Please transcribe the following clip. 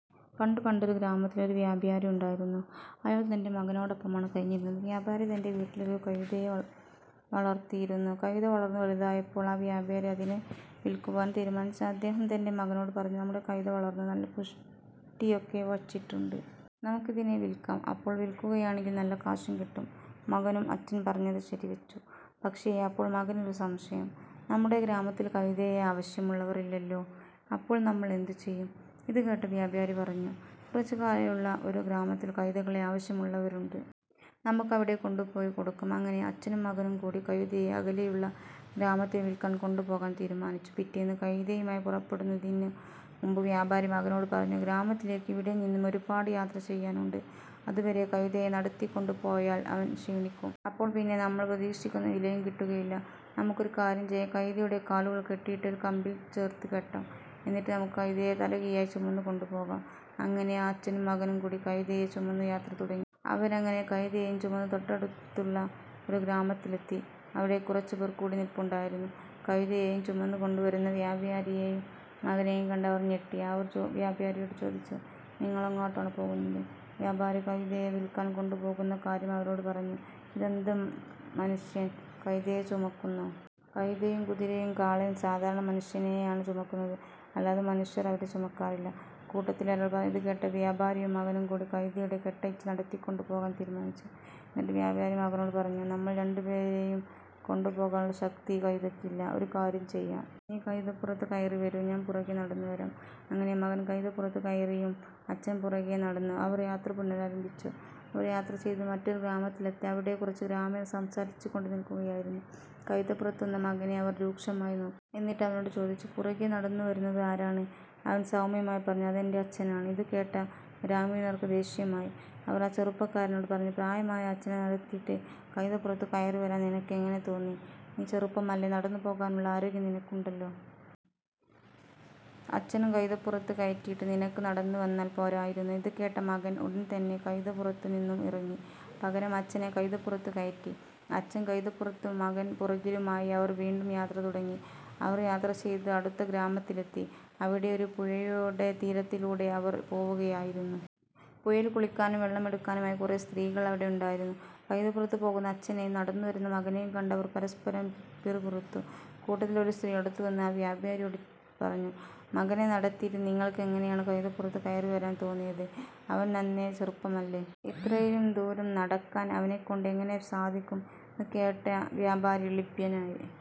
പണ്ട് പണ്ടൊരു ഗ്രാമത്തിൽ ഒരു വ്യാപാരി ഉണ്ടായിരുന്നു. അയാൾ തൻ്റെ മകനോടൊപ്പമാണ് കഴിഞ്ഞിരുന്നത്. വ്യാപാരി തൻ്റെ വീട്ടിൽ ഒരു കഴുതയെ വളർത്തിയിരുന്നു. കഴുത വളർന്നു വലുതായപ്പോൾ ആ വ്യാപാരി അതിനെ വിൽക്കുവാൻ തീരുമാനിച്ചു. അദ്ദേഹം തൻ്റെ മകനോട് പറഞ്ഞു "നമ്മുടെ കഴുത വളർന്നു നല്ല പുഷ്ടിയൊക്കെ വച്ചിട്ടുണ്ട്. നമുക്കതിനെ വിൽക്കാം. അപ്പോൾ വിൽക്കുകയാണെങ്കിൽ നല്ല കാശും കിട്ടും. " മകനും അച്ഛൻ പറഞ്ഞത് ശരിവച്ചു. പക്ഷേ അപ്പോൾ മകനൊരു സംശയം "നമ്മുടെ ഗ്രാമത്തിൽ കഴുതയെ ആവശ്യമുള്ളവർ ഇല്ലല്ലോ. അപ്പോൾ നമ്മൾ എന്ത് ചെയ്യും? ഇതുകേട്ട വ്യാപാരി പറഞ്ഞു "കുറച്ചകലെയുള്ള ഒരു ഗ്രാമത്തിൽ കഴുതകളെ ആവശ്യമുള്ളവരുണ്ട്. നമുക്ക് അവിടെ കൊണ്ടുപോയി കൊടുക്കാം. " അങ്ങനെ അച്ഛനും മകനും കൂടി കഴുതയെ അകലെയുള്ള ഗ്രാമത്തിൽ വിൽക്കാൻ കൊണ്ടുപോകാൻ തീരുമാനിച്ചു. പിറ്റേന്ന് കഴുതയുമായി പുറപ്പെടുന്നതിനു മുൻപ് വ്യാപാരി മകനോട് പറഞ്ഞു. "ഗ്രാമത്തിലേക്ക് ഇവിടെ നിന്നും ഒരുപാട് യാത്ര ചെയ്യാനുണ്ട്. അതുവരെ കഴുതയെ നടത്തിക്കൊണ്ട് പോയാൽ അവൻ ക്ഷീണിക്കും. അപ്പോൾ പിന്നെ നമ്മൾ പ്രതീക്ഷിക്കുന്ന വിലയും കിട്ടുകയില്ല. നമുക്കൊരു കാര്യം ചെയ്യാം. കഴുതയുടെ കാലുകൾ കെട്ടിയിട്ട് ഒരു കമ്പിൽ ചേർത്ത് കെട്ടാം. എന്നിട്ട് നമുക്ക് കഴുതയെ തലകീഴായി ചുമന്നു കൊണ്ടു പോകാം. " അങ്ങനെ ആ അച്ഛനും മകനും കൂടി കഴുതയെയും ചുമന്നു യാത്ര തുടങ്ങി. അവരങ്ങനെ കഴുതയെയും ചുമന്ന് തൊട്ടടുത്തുള്ള ഒരു ഗ്രാമത്തിലെത്തി. അവിടെ കുറച്ചുപേർ കൂടി നിൽപ്പുണ്ടായിരുന്നു. കഴുതയെയും ചുമന്നു കൊണ്ടുവരുന്ന വ്യാപാരിയെയും മകനെയും കണ്ട് അവർ ഞെട്ടി. അവർ വ്യാപാരിയോട് ചോദിച്ചു. "നിങ്ങളെങ്ങോട്ടാണ് പോകുന്നത്? " വ്യാപാരി കഴുതയെ വിൽക്കാൻ കൊണ്ടുപോകുന്ന കാര്യം അവരോട് പറഞ്ഞു. "ഇതെന്താ, മനുഷ്യൻ കഴുതയെ ചുമക്കുന്നോ? കഴുതയും കുതിരയും കാളയും സാധാരണ മനുഷ്യനെയാണ് ചുമക്കുന്നത്. അല്ലാതെ മനുഷ്യൻ അവയെ ചുമക്കാറില്ല. " കൂട്ടത്തിലൊരാൾ പറഞ്ഞു. ഇതുകേട്ട വ്യാപാരിയും മകനും കൂടി കഴുതയുടെ കെട്ടഴിച്ചു നടത്തിക്കൊണ്ടു പോകാൻ തീരുമാനിച്ചു. എന്നിട്ട് വ്യാപാരി മകനോട് പറഞ്ഞു "നമ്മൾ രണ്ടുപേരെയും കൊണ്ടുപോകാനുള്ള ശക്തി ഈ കഴുതയ്ക്കില്ല. ഒരു കാര്യം ചെയ്യാം. നീ കഴുതപ്പുറത്തു കയറിവരൂ. ഞാൻ പുറകെ നടന്നു വരാം. " അങ്ങനെ മകൻ കഴുതപ്പുറത്തു കയറിയും അച്ഛൻ പുറകെ നടന്നും അവർ യാത്ര പുനരാരംഭിച്ചു. അവർ യാത്രചെയ്ത് മറ്റൊരു ഗ്രാമത്തിലെത്തി. അവിടെ കുറച്ച് ഗ്രാമീണർ സംസാരിച്ചുകൊണ്ട് നിൽക്കുകയായിരുന്നു. കഴുതപ്പുറത്ത് വന്ന മകനെ അവർ രൂക്ഷമായി നോക്കി. എന്നിട്ടവനോട് ചോദിച്ചു. "പുറകെ നടന്നുവരുന്നത് ആരാണ്? " അവൻ സൗമ്യമായി പറഞ്ഞു "അതെൻ്റെ അച്ഛനാണ്. " ഇതുകേട്ട ഗ്രാമീണർക്ക് ദേഷ്യമായി. അവർ ആ ചെറുപ്പക്കാരനോട് പറഞ്ഞു. "പ്രായമായ അച്ഛനെ നടത്തിയിട്ട് കഴുതപ്പുറത്തു കയറിവരാൻ നിനക്കെങ്ങനെ തോന്നി? നീ ചെറുപ്പമല്ലേ നടന്നു പോകാനുള്ള ആരോഗ്യം നിനക്ക് ഉണ്ടല്ലോ? അച്ഛനെ കഴുതപ്പുറത്തു കയറ്റിയിട്ട് നിനക്ക് നടന്നു വന്നാൽ പോരായിരുന്നോ? " ഇതുകേട്ട മകൻ ഉടൻതന്നെ കഴുത പുറത്തു നിന്നും ഇറങ്ങി. പകരം അച്ഛനെ കഴുതപ്പുറത്തു കയറ്റി. അച്ഛൻ കഴുതപ്പുറത്തും മകൻ പുറകിലുമായി അവർ വീണ്ടും യാത്ര തുടങ്ങി. അവർ യാത്രചെയ്ത് അടുത്ത ഗ്രാമത്തിലെത്തി. അവിടെ ഒരു പുഴയുടെ തീരത്തിലൂടെ അവർ പോവുകയായിരുന്നു. പുഴയിൽ കുളിക്കാനും വെള്ളമെടുക്കാനുമായി കുറേ സ്ത്രീകൾ അവിടെ ഉണ്ടായിരുന്നു. കഴുതപ്പുറത്ത് പോകുന്ന അച്ഛനെയും നടന്നുവരുന്ന മകനെയും കണ്ട് അവർ പരസ്പരം പിറുപിറുത്തു. കൂട്ടത്തിൽ ഒരു സ്ത്രീ അടുത്തുവന്ന് ആ വ്യാപാരിയോട് പറഞ്ഞു. "മകനെ നടത്തിയിട്ട് നിങ്ങൾക്ക് എങ്ങനെയാണ് കഴുതപ്പുറത്തു കയറിവരാൻ തോന്നിയത്? അവൻ നന്നേ ചെറുപ്പമല്ലേ. ഇത്രയും ദൂരം നടക്കാൻ അവനെക്കൊണ്ട് എങ്ങനെ സാധിക്കും? " ഇതുകേട്ട വ്യാപാരി ഇളിഭ്യനായി.